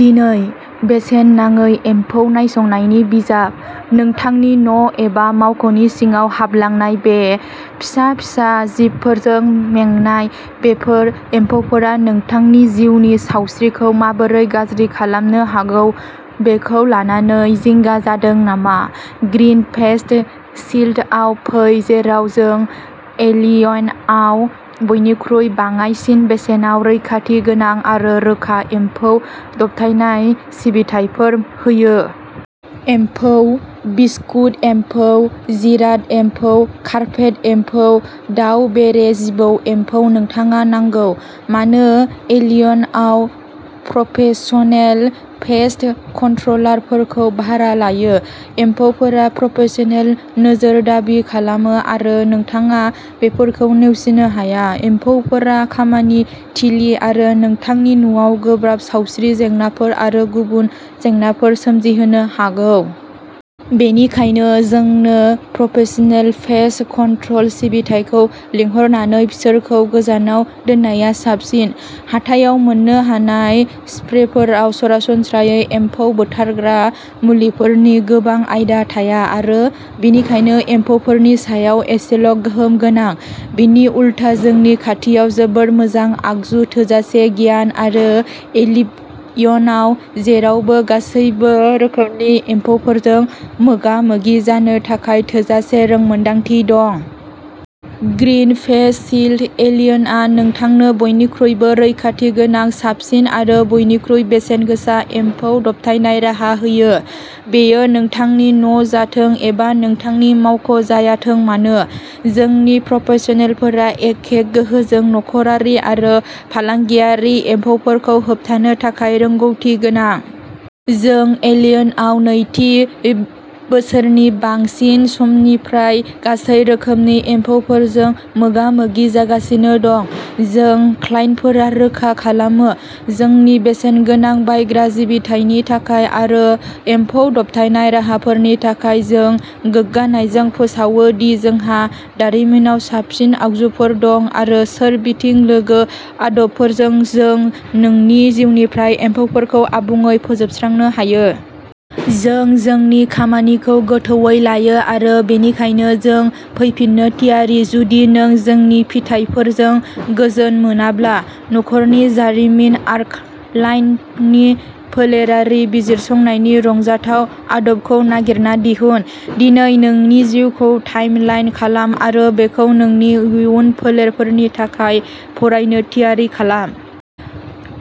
दिनै बेसेन नाङै एम्फौ नायसंनायनि बिजाब नोंथांनि न' एबा मावख'नि सिङाव हाबलांनाय बे फिसा फिसा जिबफोरजों मेंनाय, बेफोर एम्फौफोरा नोंथांनि जिउनि सावस्रिखौ माबोरै गाज्रि खालामनो हागौ बेखौ लानानै जिंगा जादों नामा? ग्रीन पेस्ट शील्डआव फै जेराव जों एलियनआव बयनिख्रुइ बाङाइसिन बेसेनाव रैखाथि गोनां आरो रोखा एम्फौ दबथायनाय सिबिथाइफोर होयो। एमफौ, बिस्कुट एम्फौ, जिराद, एम्फौ, कार्पेट एम्फौ, दाउ, बेरे, जिबौ, एम्फौ नोंथाङा नांगौ। मानो एलियनाव प्रफेशनेल पेस्ट कन्ट्र'लारफोरखौ भारा लायो? एम्फौफोरा प्रफेशनेल नोजोर दाबि खालामो आरो नोंथाङा बेफोरखौ नेवसिनो हाया। एम्फौफोरा खामानि थिलि आरो नोंथांनि न'आव गोब्राब सावस्रि जेंनाफोर आरो गुबुन जेंनाफोर सोमजिहोनो हागौ। बेनिखायनो जोंनो प्रफेशनेल पेस्ट कन्ट्र'ल सिबिथाइखौ लिंहरनानै बिसोरखौ गोजानाव दोननाया साबसिन। हाथायाव मोन्नो हानाय स्प्रेफोराव सरासनस्रायै एम्फौ बुथारग्रा मुलिफोरनि गोबां आयदा थाया आरो बेनिखायनो एम्फौफोरनि सायाव एसेल' गोहोम गोनां। बिनि उलथा, जोंनि खाथियाव जोबोद मोजां आगजु, थोजासे गियान आरो एलिबयनाव जेरावबो गासैबो रोखोमनि एम्फौफोरजों मोगा-मोगि जानो थाखाय थोजासे रोंमोन्दांथि दं। ग्रीन पेस्ट शील्ड एल्बियना नोंथांनो बयनिख्रुइबो रैखाथि गोनां, साबसिन आरो बयनिख्रुइ बेसेनगोसा एम्फौ दबथायनाय राहा होयो। बेयो नोंथांनि न' जाथों एबा नोंथांनि मावख' जायाथों मानो, जोंनि प्रफेशनेलफोरा एखे गोहोजों नखरारि आरो फालांगियारि एम्फौफोरखौ होबथानो थाखाय रोंग'थि गोनां। जों एलियनाव नैजि बि बोसोरनि बांसिन समनिफ्राय गासैबो रोखोमनि एम्फौफोरजों मोगा-मोगि जागासिनो दं। जों क्लाइन्टफोरा रोखा खालामो। जोंनि बेसेनगोनां बायग्रा सिबिथायनि थाखाय आरो एम्फौ दबथायनाय राहाफोरनि थाखाय। जों गोग्गानायजों फोसावो दि जोंहा दारिमिनाव साबसिन आगजुफोर दं आरो सोरबिथिं लोगो आदबफोरजों जों नोंनि जिउनिफ्राय एम्फौफोरखौ आबुङै फोजोबस्रांनो हायो। जों जोंनि खामानिखौ गोथौवै लायो आरो बेनिखायनो जों फैफिननो थियारि, जुदि नों जोंनि फिथायफोरजों गोजोन मोनाब्ला। नखरनि जारिमिन आर्कालाइननि फोलेरारि बिजिरसंनायनि रंजाथाव आदबखौ नागिरना दिहुन। दिनै नोंनि जिउखौ टाइमलाइन खालाम आरो बेखौ नोंनि इयुन फोलेरफोरनि थाखाय फरायनो थियारि खालाम।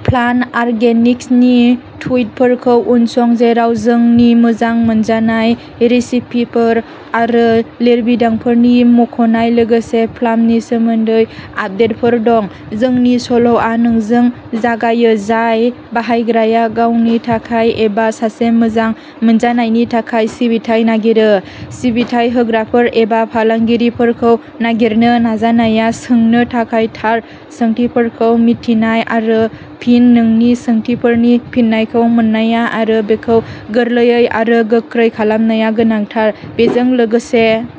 प्लान आर्गेनिक्सनि टुइटफोरखौ उनसं, जेराव जोंनि मोजां मोनजानाय रेसिपिफोर आरो लिरबिदांफोरनि मुंख'नाय लोगोसे प्लामनि सोमोन्दै आपडेटफोर दं। जोंनि सल'आ नोंजों जागायो, जाय बाहायग्राया गावनि थाखाय एबा सासे मोजां मोनजानायनि थाखाय सिबिथाइ नागिरो। सिबिथाइ होग्राफोर एबा फालांगिफोरखौ नागिरनो नाजानाया, सोंनो थाखाय थार सोंथिफोरखौ मिन्थिनाय आरो फिन नोंनि सोंथिफोरनि फिननायखौ मोननाया आरो बेखौ गोरलैयै आरो गोख्रै खालामनाया गोनांथार। बेजों लोगोसे